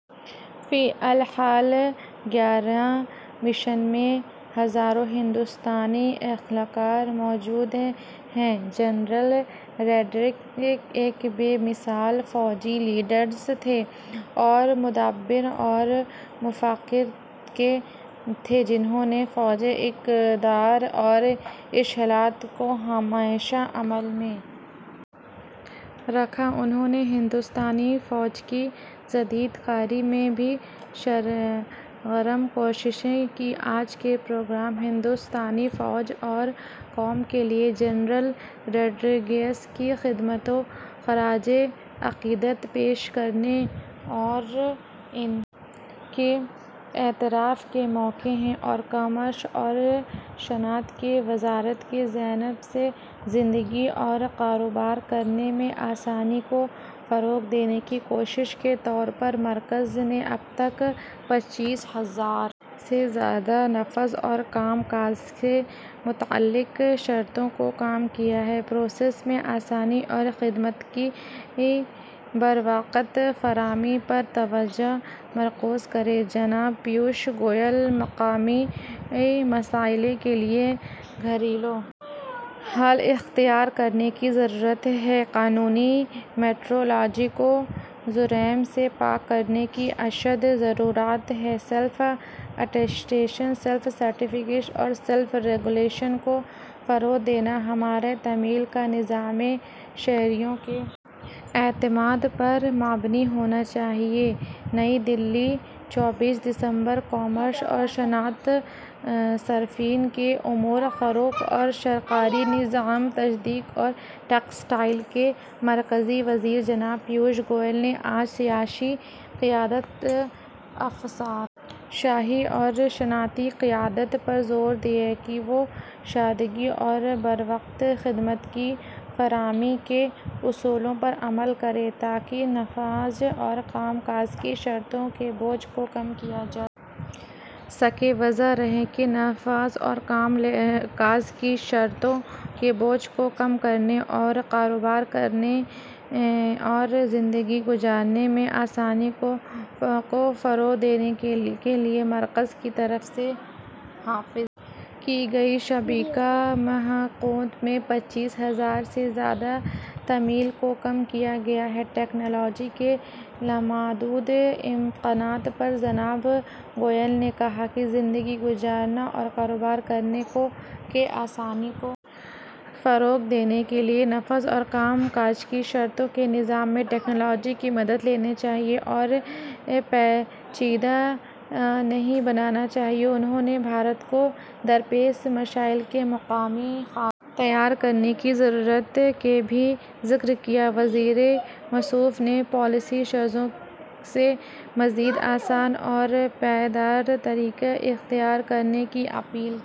فی الحال گیارہ مشنز میں ہزاروں ہندوستانی اہلکار موجود ہیں جنرل روڈرکس ایک بے مثال فوجی لیڈر تھے اور مدبر اور مفکر تھے جنہوں نے فوجی اقدار اور اصلاحات کو ہمیشہ عمل میں رکھا انہوں نے ہندوستانی فوج کی جدید کاری میں بھی سرگرم کوششیں کیں آج کا پروگرام ہندوستانی فوج اور قوم کے لیے جنرل روڈرکس کی خدمات کو خراج عقیدت پیش کرنے اور ان کے اعتراف کا موقع ہے کامرس اور صنعت کی وزارت کی جانب سے زندگی اور کاروبار کرنے میں آسانی کو فروغ دینے کی کوشش کے طور پر مرکز نے اب تک پچیس ہزار سے زیادہ نفاذ اور کام کاج سے متعلق شرطوں کو کم کیا ہے پروسیس میں آسانی اور خدمات کی بروقت فراہمی پر توجہ مرکوز کریں جناب پیوش گوئل مقامی مسائل کے لیے گھریلو حل اختیار کرنے کی ضرورت ہے قانونی میٹرولوجی کو جرائم سے پاک کرنے کی اشد ضرورت ہے سیلف اٹیسٹیشن سیلف سرٹیفکیشن اور سیلف ریگولیشن کو فروغ دینا ہمارا تعمیل کا نظام شہریوں کے اعتماد پر مبنی ہونا چاہیے نئی دہلی چوبیس دسمبر کامرس اور صنعت صارفین کے امور خوراک اور سرکاری نظام تقسیم اور ٹیکسٹائل کے مرکزی وزیر جناب پیوش گوئل نے آج سیاسی قیادت افسر شاہی اور صنعتی قیادت پر زور دیا کہ وہ سادگی اور بروقت خدمات کی فراہمی کے اصولوں پر عمل کریں تاکہ نفاذ اور کام کاج کی شرطوں کے بوجھ کو کم کیا جا سکے واضح رہے کہ نفاذ اور کام کاج کی شرطوں کے بوجھ کو کم کرنے اور کاروبار کرنے اور زندگی گزارنے میں آسانی کو فروغ دینے کے لیے مرکز کی طرف سے نافذ کی گئی سابقہ مشقوں میں پچیس ہزار سے زیادہ تعمیل کو کم کیا گیا ہے ٹیکنالوجی کے لامحدود امکانات پر جناب گوئل نے کہا کہ زندگی گزارنے اور کاروبار کرنے میں آسانی کو فروغ دینے کے لیے نفاذ اور کام کاج کی شرطوں کے نظام میں ٹیکنالوجی کی مدد لینی چاہیے اور اسے پیچیدہ نہیں بنانا چاہیے انہوں نے بھارت کو درپیش مسائل کے مقامی حل تیار کرنے کی ضرورت کا بھی ذکر کیا وزیر موصوف نے پالیسی سازوں سے مزید آسان اور پائیدار طریقے اختیار کرنے کی اپیل کی